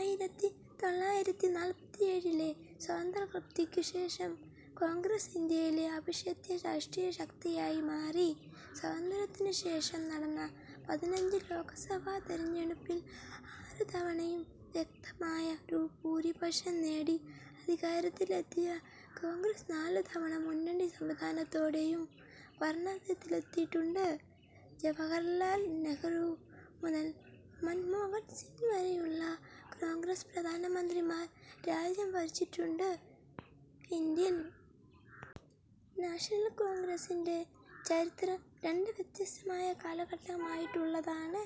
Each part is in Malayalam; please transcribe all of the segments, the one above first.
ആയിരത്തി തൊള്ളായിരത്തി നാല്പത്തിയേഴിലെ സ്വാതന്ത്ര്യലബ്ധിക്കു ശേഷം കോൺഗ്രസ് ഇന്ത്യയിലെ അനിഷേധ്യ രാഷ്ട്രീയ ശക്തിയായി മാറി. സ്വാതന്ത്ര്യത്തിനു ശേഷം നടന്ന പതിനഞ്ച് ലോകസഭാ തിരഞ്ഞെടുപ്പിൽ ആറു തവണയും വ്യക്തമായ ഭൂരിപക്ഷം നേടി അധികാരത്തിലെത്തിയ കോൺഗ്രസ് നാലു തവണ മുന്നണി സംവിധാനത്തോടെയും ഭരണത്തിലെത്തിയിട്ടുണ്ട്. ജവഹർലാൽ നെഹ്രു മുതൽ മൻമോഹൻ സിംഗ് വരെ ഏഴു കോൺഗ്രസ് പ്രധാനമന്ത്രിമാർ രാജ്യം ഭരിച്ചിട്ടുണ്ട്. ഇന്ത്യൻ നാഷണൽ കോൺഗ്രസ്സിൻ്റെ ചരിത്രം രണ്ട് വ്യത്യസ്ത കാലഘട്ടങ്ങളായിട്ടുള്ളതാണ്.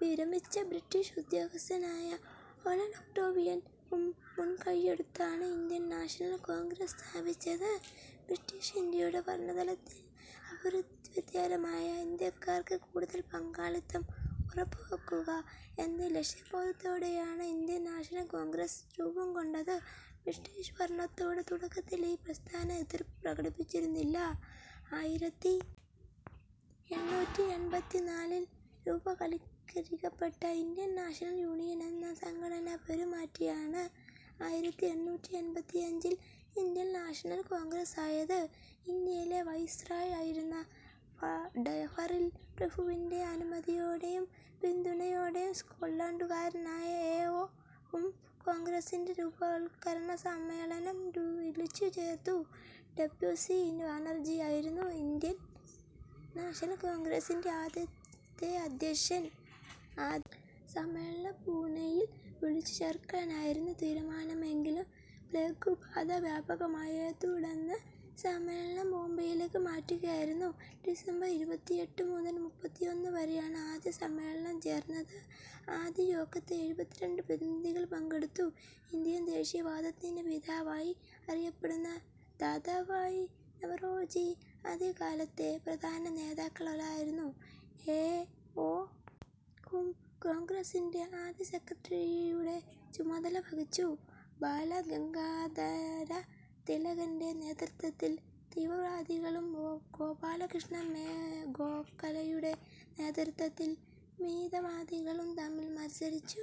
വിരമിച്ച ബ്രിട്ടീഷ് ഉദ്യോഗസ്ഥനായ അലൻ ഒക്ടേവിയൻ ഹ്യൂം മുൻകൈയെടുത്താണ് ഇന്ത്യൻ നാഷണൽ കോൺഗ്രസ് സ്ഥാപിച്ചത്. ബ്രിട്ടീഷ് ഇന്ത്യയുടെ ഭരണതലത്തിൽ അഭ്യസ്തവിദ്യരായ ഇന്ത്യക്കാർക്ക് കൂടുതൽ പങ്കാളിത്തം ഉറപ്പാക്കുക എന്ന ലക്ഷ്യത്തോടെയാണ് ഇന്ത്യൻ നാഷണൽ കോൺഗ്രസ് രൂപംകൊണ്ടത്. ബ്രിട്ടീഷ് ഭരണത്തോട് തുടക്കത്തിൽ ഈ പ്രസ്ഥാനം എതിർപ്പ് പ്രകടിപ്പിച്ചിരുന്നില്ല. ആയിരത്തി എണ്ണൂറ്റി എൺപത്തിനാലിൽ രൂപവൽക്കരിക്കപ്പെട്ട ഇന്ത്യൻ നാഷണൽ യൂണിയൻ എന്ന സംഘടന പേരുമാറ്റിയാണ് ആയിരത്തി എണ്ണൂറ്റി എൺപത്തിയഞ്ചിൽ ഇന്ത്യൻ നാഷണൽ കോൺഗ്രസായത്. ഇന്ത്യയിലെ വൈസ്രോയ് ആയിരുന്ന ഡഫറിൻ പ്രഭുവിൻ്റെ അനുമതിയോടെയും പിന്തുണയോടെയും സ്കോട്ട്ലൻഡുകാരനായ ഏ. ഓ. ഹ്യൂം കോൺഗ്രസിൻ്റെ രൂപവത്കരണ സമ്മേളനം വിളിച്ചുചേർത്തു. ഡബ്ല്യു. സി. ബാനർജിയായിരുന്നു ഇന്ത്യൻ നാഷണൽ കോൺഗ്രസിൻ്റെ ആദ്യത്തെ അധ്യക്ഷൻ. ആദ്യ സമ്മേളനം പുണെയിൽ വിളിച്ചുചേർക്കാനായിരുന്നു തീരുമാനമെങ്കിലും പ്ലേഗുബാധ വ്യാപകമായതിനെത്തുടർന്ന് സമ്മേളനം ബോംബെയിലേക്ക് മാറ്റുകയായിരുന്നു. ഡിസംബർ ഇരുപത്തിയെട്ടു മുതൽ മുപ്പത്തിയൊന്ന് വരെയാണ് ആദ്യ സമ്മേളനം ചേർന്നത്. ആദ്യ യോഗത്തിൽ എഴുപത്തിരണ്ട് പ്രതിനിധികൾ പങ്കെടുത്തു. ഇന്ത്യൻ ദേശീയവാദത്തിൻ്റെ പിതാവായി അറിയപ്പെടുന്ന ദാദാഭായി നവറോജി ആദ്യകാലത്തെ പ്രധാന നേതാക്കളിലൊരാളായിരുന്നു. ഏ. ഓ. ഹ്യൂം കോൺഗ്രസിൻ്റെ ആദ്യ സെക്രട്ടറിയുടെ ചുമതല വഹിച്ചു. ബാല ഗംഗാധര തിലകൻ്റെ നേതൃത്വത്തിൽ തീവ്രവാദികളും ഗോപാലകൃഷ്ണ ഗോഖലെയുടെ നേതൃത്വത്തിൽ മിതവാദികളും തമ്മിൽ മത്സരിച്ചു.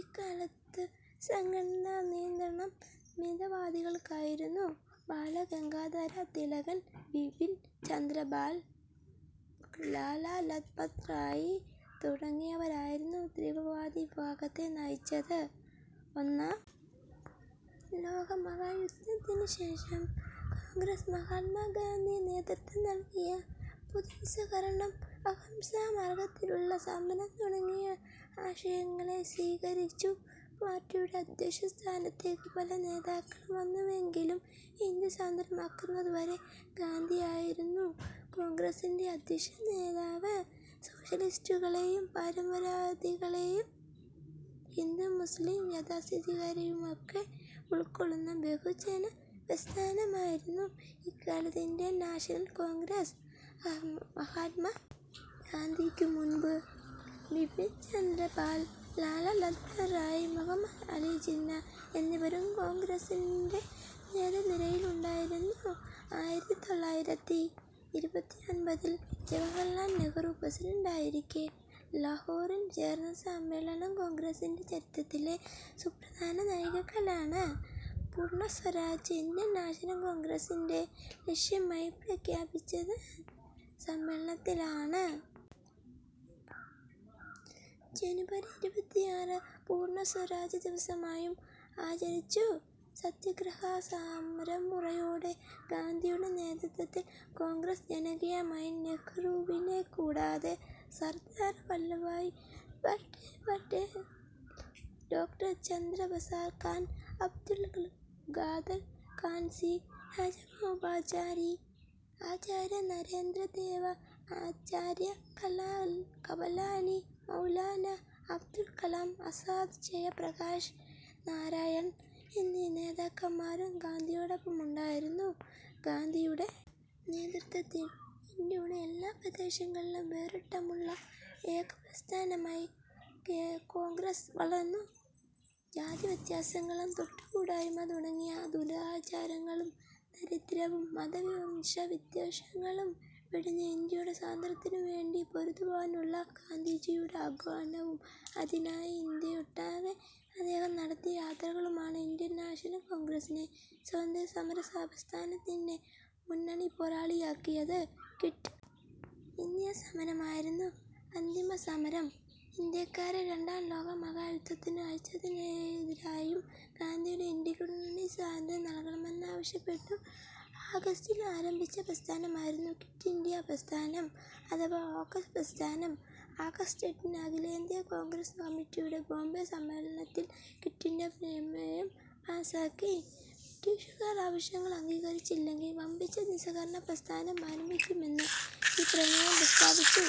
ഇക്കാലത്ത് സംഘടനയുടെ നിയന്ത്രണം മിതവാദികൾക്കായിരുന്നു. ബാല ഗംഗാധര തിലകൻ, ബിപിൻ ചന്ദ്ര പാൽ, ലാലാ ലജ്പത് റായ് തുടങ്ങിയവരായിരുന്നു തീവ്രവാദി വിഭാഗത്തെ നയിച്ചത്. ഒന്നാം ലോകമഹായുദ്ധത്തിനു ശേഷം കോൺഗ്രസ് മഹാത്മാ ഗാന്ധി നേതൃത്വം നൽകിയ പൊതു നിസ്സഹകരണം, അഹിംസാ മാർഗത്തിലുള്ള സമരം തുടങ്ങിയ ആശയങ്ങളെ സ്വീകരിച്ചു. പാർട്ടിയുടെ അധ്യക്ഷ സ്ഥാനത്തേക്ക് പല നേതാക്കളും വന്നുവെങ്കിലും ഇന്ത്യ സ്വതന്ത്രമാകുന്നതുവരെ ഗാന്ധിയായിരുന്നു കോൺഗ്രസിൻ്റെ അനിഷേധ്യ നേതാവ്. സോഷ്യലിസ്റ്റുകളെയും പാരമ്പര്യവാദികളെയും ഹിന്ദു മുസ്ലിം യാഥാസ്ഥിതികരെയുമൊക്കെ ഉൾക്കൊള്ളുന്ന ബഹുജന പ്രസ്ഥാനമായിരുന്നു ഇക്കാലത്ത് ഇന്ത്യൻ നാഷണൽ കോൺഗ്രസ്. മഹാത്മാ ഗാന്ധിക്കു മുൻപ് ബിപിൻ ചന്ദ്ര പാൽ, ലാലാ ലജ്പത് റായ്, മുഹമ്മദ് അലി ജിന്ന എന്നിവരും കോൺഗ്രസിൻ്റെ നേതൃനിരയിലുണ്ടായിരുന്നു. ആയിരത്തി തൊള്ളായിരത്തി ഇരുപത്തിയൊൻപതിൽ ജവഹർലാൽ നെഹ്രു പ്രസിഡന്റായിരിക്കെ ലാഹോറിൽ ചേർന്ന സമ്മേളനം കോൺഗ്രസിൻ്റെ ചരിത്രത്തിലെ സുപ്രധാന നാഴികക്കല്ലാണ്. പൂർണ്ണ സ്വരാജ് ഇന്ത്യൻ നാഷണൽ കോൺഗ്രസിൻ്റെ ലക്ഷ്യമായി പ്രഖ്യാപിച്ചത് ഈ സമ്മേളനത്തിലാണ്. ജനുവരി ഇരുപത്തിയാറ് പൂർണ്ണ സ്വരാജ് ദിവസമായും ആചരിച്ചു. സത്യാഗ്രഹ സമരമുറയോടെ ഗാന്ധിയുടെ നേതൃത്വത്തിൽ കോൺഗ്രസ് ജനകീയമായി. നെഹ്രുവിനെക്കൂടാതെ സർദാർ വല്ലഭായി പട്ടേൽ, ഡോക്ടർ രാജേന്ദ്ര പ്രസാദ്, ഖാൻ അബ്ദുൽ ഗാഫർ ഖാൻ, സി. രാജഗോപാലാചാരി, ആചാര്യ നരേന്ദ്രദേവ, ആചാര്യ കൃപലാനി, മൗലാനാ അബ്ദുൽ കലാം ആസാദ്, ജയപ്രകാശ് നാരായൺ എന്നീ നേതാക്കന്മാരും ഗാന്ധിയോടൊപ്പമുണ്ടായിരുന്നു. ഗാന്ധിയുടെ നേതൃത്വത്തിൽ ഇന്ത്യയുടെ എല്ലാ പ്രദേശങ്ങളിലും വേരോട്ടമുള്ള ഏക പ്രസ്ഥാനമായി കോൺഗ്രസ് വളർന്നു. ജാതിവ്യത്യാസങ്ങളും തൊട്ടുകൂടായ്മ തുടങ്ങിയ ദുരാചാരങ്ങളും ദാരിദ്ര്യവും മത വംശ വിദ്വേഷങ്ങളും വെടിഞ്ഞ് ഇന്ത്യയുടെ സ്വാതന്ത്ര്യത്തിനുവേണ്ടി പൊരുതുവാനുള്ള ഗാന്ധിജിയുടെ ആഹ്വാനവും അതിനായി ഇന്ത്യയൊട്ടാകെ അദ്ദേഹം നടത്തിയ യാത്രകളുമാണ് ഇന്ത്യൻ നാഷണൽ കോൺഗ്രസിനെ സ്വാതന്ത്ര്യസമര പ്രസ്ഥാനത്തിൻ്റെ മുന്നണിപ്പോരാളിയാക്കിയത്. Quit India സമരമായിരുന്നു അന്തിമസമരം. ഇന്ത്യക്കാരെ രണ്ടാം ലോകമഹായുദ്ധത്തിനു അയച്ചതിനെതിരായും ഗാന്ധിയുടെ ഇന്ത്യയ്ക്ക് ഉടനടി സ്വാതന്ത്ര്യം നൽകണമെന്നാവശ്യപ്പെട്ടും ആഗസ്റ്റിൽ ആരംഭിച്ച പ്രസ്ഥാനമായിരുന്നു ക്വിറ്റ് ഇന്ത്യാ പ്രസ്ഥാനം അഥവാ ഓഗസ്റ്റ് പ്രസ്ഥാനം. ആഗസ്റ്റ് എട്ടിന് അഖിലേന്ത്യാ കോൺഗ്രസ് കമ്മിറ്റിയുടെ ബോംബെ സമ്മേളനത്തിൽ ക്വിറ്റ് ഇന്ത്യാ പ്രമേയം പാസാക്കി. ബ്രിട്ടീഷുകാർ ആവശ്യങ്ങൾ അംഗീകരിച്ചില്ലെങ്കിൽ വമ്പിച്ച നിസ്സഹകരണ പ്രസ്ഥാനം ആരംഭിക്കുമെന്ന് ഈ പ്രമേയം പ്രസ്താവിച്ചു.